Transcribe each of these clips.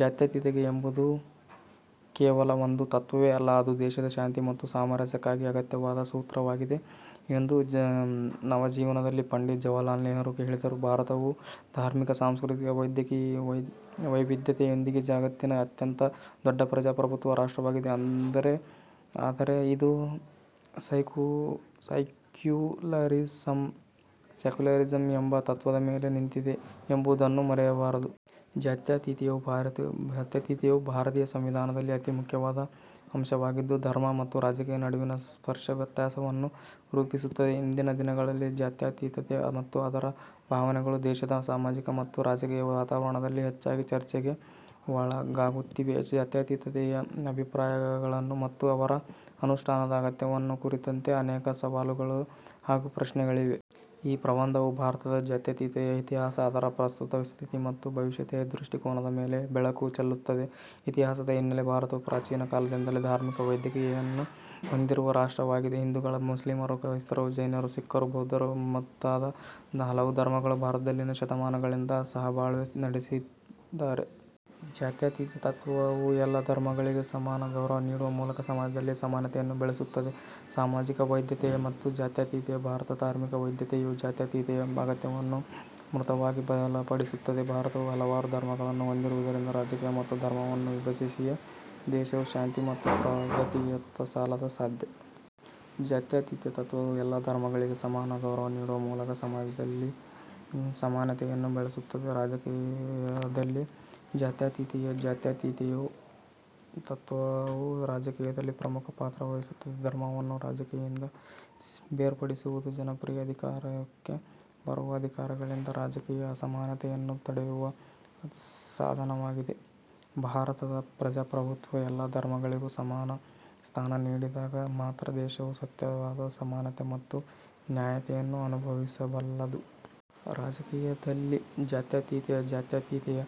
"ಜಾತ್ಯತೀತತೆ ಎಂಬುದು ಕೇವಲ ಒಂದು ತತ್ವವೇ ಅಲ್ಲ, ಅದು ದೇಶದ ಶಾಂತಿ ಮತ್ತು ಸಾಮರಸ್ಯಕ್ಕಾಗಿ ಅಗತ್ಯವಾದ ಸೂತ್ರವಾಗಿದೆ" ಎಂದು ನವಜೀವನದಲ್ಲಿ ಪಂಡಿತ್ ಜವಾಹರಲಾಲ್ ನೆಹರು ಹೇಳಿದರು. ಭಾರತವು ಧಾರ್ಮಿಕ, ಸಾಂಸ್ಕೃತಿಕ ವೈವಿಧ್ಯತೆಯೊಂದಿಗೆ ಜಗತ್ತಿನ ಅತ್ಯಂತ ದೊಡ್ಡ ಪ್ರಜಾಪ್ರಭುತ್ವ ರಾಷ್ಟ್ರವಾಗಿದೆ. ಆದರೆ, ಇದು ಸೈಕ್ಯುಲರಿಸಂ ಎಂಬ ತತ್ವದ ಮೇಲೆ ನಿಂತಿದೆ ಎಂಬುದನ್ನು ಮರೆಯಬಾರದು. ಜಾತ್ಯತೀತತೆಯು ಭಾರತೀಯ ಸಂವಿಧಾನದಲ್ಲಿ ಅತಿ ಮುಖ್ಯವಾದ ಅಂಶವಾಗಿದ್ದು, ಧರ್ಮ ಮತ್ತು ರಾಜಕೀಯದ ನಡುವಿನ ಸ್ಪಷ್ಟ ವ್ಯತ್ಯಾಸವನ್ನು ರೂಪಿಸುತ್ತದೆ. ಇಂದಿನ ದಿನಗಳಲ್ಲಿ, ಜಾತ್ಯತೀತತೆ ಮತ್ತು ಅದರ ಭಾವನೆಗಳು ದೇಶದ ಸಾಮಾಜಿಕ ಮತ್ತು ರಾಜಕೀಯ ವಾತಾವರಣದಲ್ಲಿ ಹೆಚ್ಚಾಗಿ ಚರ್ಚೆಗೆ ಒಳಗಾಗುತ್ತಿವೆ. ಜಾತ್ಯತೀತತೆಯ ಅಭಿಪ್ರಾಯಗಳನ್ನು ಮತ್ತು ಅವರ ಅನುಷ್ಠಾನದ ಅಗತ್ಯವನ್ನು ಕುರಿತಂತೆ ಅನೇಕ ಸವಾಲುಗಳು ಹಾಗೂ ಪ್ರಶ್ನೆಗಳಿವೆ. ಈ ಪ್ರಬಂಧವು ಭಾರತದ ಜಾತ್ಯತೀತತೆಯ ಇತಿಹಾಸ, ಅದರ ಪ್ರಸ್ತುತ ಸ್ಥಿತಿ ಮತ್ತು ಭವಿಷ್ಯದ ದೃಷ್ಟಿಕೋನದ ಮೇಲೆ ಬೆಳಕು ಚೆಲ್ಲುತ್ತದೆ. ಇತಿಹಾಸದ ಹಿನ್ನಲೆ ಭಾರತವು ಪ್ರಾಚೀನ ಕಾಲದಿಂದಲೇ ಧಾರ್ಮಿಕ ವೈವಿಧ್ಯತೆಯನ್ನು ಹೊಂದಿರುವ ರಾಷ್ಟ್ರವಾಗಿದೆ. ಹಿಂದೂಗಳು, ಮುಸ್ಲಿಮರು, ಕ್ರೈಸ್ತರು, ಜೈನರು, ಸಿಖ್ಕರು, ಬೌದ್ಧರು ಮುಂತಾದ ಹಲವು ಧರ್ಮಗಳು ಭಾರತದಲ್ಲಿ ಶತಮಾನಗಳಿಂದ ಸಹಬಾಳ್ವೆ ನಡೆಸಿದ್ದಾರೆ. ಜಾತ್ಯತೀತ ತತ್ವವು ಎಲ್ಲ ಧರ್ಮಗಳಿಗೆ ಸಮಾನ ಗೌರವ ನೀಡುವ ಮೂಲಕ ಸಮಾಜದಲ್ಲಿ ಸಮಾನತೆಯನ್ನು ಬೆಳೆಸುತ್ತದೆ. ಸಾಮಾಜಿಕ ವೈವಿಧ್ಯತೆ ಮತ್ತು ಜಾತ್ಯತೀತತೆ ಭಾರತದ ಧಾರ್ಮಿಕ ವೈವಿಧ್ಯತೆಯು ಜಾತ್ಯತೀತತೆಯ ಅಗತ್ಯವನ್ನು ಮೃದುವಾಗಿ ಬಲಪಡಿಸುತ್ತದೆ. ಭಾರತವು ಹಲವಾರು ಧರ್ಮಗಳನ್ನು ಹೊಂದಿರುವುದರಿಂದ, ರಾಜಕೀಯ ಮತ್ತು ಧರ್ಮವನ್ನು ವಿಭಜಿಸಿಯೇ ದೇಶವು ಶಾಂತಿ ಮತ್ತು ಪ್ರಗತಿಯತ್ತ ಸಾಗಲು ಸಾಧ್ಯ. ಜಾತ್ಯತೀತ ತತ್ವವು ಎಲ್ಲ ಧರ್ಮಗಳಿಗೆ ಸಮಾನ ಗೌರವ ನೀಡುವ ಮೂಲಕ ಸಮಾಜದಲ್ಲಿ ಸಮಾನತೆಯನ್ನು ಬೆಳೆಸುತ್ತದೆ. ರಾಜಕೀಯದಲ್ಲಿ ಜಾತ್ಯತೀತತೆ ಜಾತ್ಯತೀತತೆಯ ತತ್ವವು ರಾಜಕೀಯದಲ್ಲಿ ಪ್ರಮುಖ ಪಾತ್ರ ವಹಿಸುತ್ತದೆ. ಧರ್ಮವನ್ನು ರಾಜಕೀಯದಿಂದ ಬೇರ್ಪಡಿಸುವುದು ಜನಪ್ರಿಯ ಅಧಿಕಾರಕ್ಕೆ ಬರುವ ಅಧಿಕಾರಿಗಳಿಂದ ರಾಜಕೀಯ ಅಸಮಾನತೆಯನ್ನು ತಡೆಯುವ ಸಾಧನವಾಗಿದೆ. ಭಾರತದ ಪ್ರಜಾಪ್ರಭುತ್ವವು ಎಲ್ಲ ಧರ್ಮಗಳಿಗೂ ಸಮಾನ ಸ್ಥಾನ ನೀಡಿದಾಗ ಮಾತ್ರ ದೇಶವು ಸತ್ಯವಾದ ಸಮಾನತೆ ಮತ್ತು ನ್ಯಾಯತೆಯನ್ನು ಅನುಭವಿಸಬಲ್ಲದು. ರಾಜಕೀಯದಲ್ಲಿ ಜಾತ್ಯತೀತತೆ ಜಾತ್ಯತೀತತೆಯ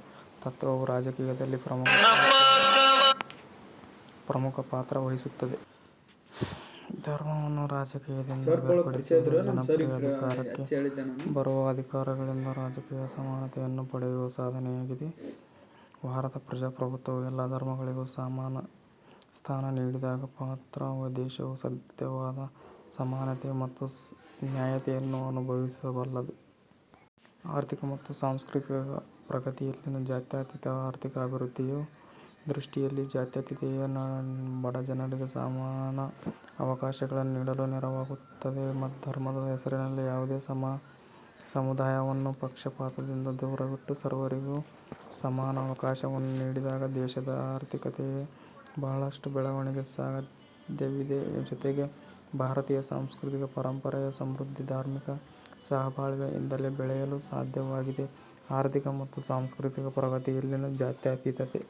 ತತ್ವವು ರಾಜಕೀಯದಲ್ಲಿ ಪ್ರಮುಖ ಪಾತ್ರ ವಹಿಸುತ್ತದೆ. ಧರ್ಮವನ್ನು ರಾಜಕೀಯದಿಂದ ಬೇರ್ಪಡಿಸುವುದು ಜನಪ್ರಿಯ ಅಧಿಕಾರಕ್ಕೆ ಬರುವ ಅಧಿಕಾರಿಗಳಿಂದ ರಾಜಕೀಯ ಅಸಮಾನತೆಯನ್ನು ತಡೆಯುವ ಸಾಧನವಾಗಿದೆ. ಭಾರತದ ಪ್ರಜಾಪ್ರಭುತ್ವವು ಎಲ್ಲ ಧರ್ಮಗಳಿಗೂ ಸಮಾನ ಸ್ಥಾನ ನೀಡಿದಾಗ ಮಾತ್ರ ದೇಶವು ಸತ್ಯವಾದ ಸಮಾನತೆ ಮತ್ತು ನ್ಯಾಯತೆಯನ್ನು ಅನುಭವಿಸಬಲ್ಲದು. ಆರ್ಥಿಕ ಮತ್ತು ಸಾಂಸ್ಕೃತಿಕ ಪ್ರಗತಿಯಲ್ಲಿನ ಜಾತ್ಯತೀತತೆ ಆರ್ಥಿಕ ಅಭಿವೃದ್ಧಿಯ ದೃಷ್ಟಿಯಲ್ಲಿ, ಜಾತ್ಯತೀತತೆ ಬಡಜನರಿಗೆ ಸಮಾನ ಅವಕಾಶಗಳನ್ನು ನೀಡಲು ನೆರವಾಗುತ್ತದೆ. ಧರ್ಮದ ಹೆಸರಿನಲ್ಲಿ ಯಾವುದೇ ಸಮುದಾಯವನ್ನು ಪಕ್ಷಪಾತದಿಂದ ದೂರವಿಟ್ಟು, ಸರ್ವರಿಗೂ ಸಮಾನ ಅವಕಾಶವನ್ನು ನೀಡಿದಾಗ, ದೇಶದ ಆರ್ಥಿಕತೆಗೆ ಬಹಳಷ್ಟು ಬೆಳವಣಿಗೆ ಸಾಧ್ಯವಿದೆ. ಜೊತೆಗೆ, ಭಾರತೀಯ ಸಾಂಸ್ಕೃತಿಕ ಪರಂಪರೆಯ ಸಮೃದ್ಧಿ, ಧಾರ್ಮಿಕ ಸಹಬಾಳ್ವೆಯಿಂದಲೇ ಬೆಳೆಯಲು ಸಾಧ್ಯವಾಗಿದೆ. ಆರ್ಥಿಕ ಮತ್ತು ಸಾಂಸ್ಕೃತಿಕ ಪ್ರಗತಿಯಲ್ಲಿನ ಜಾತ್ಯತೀತತೆ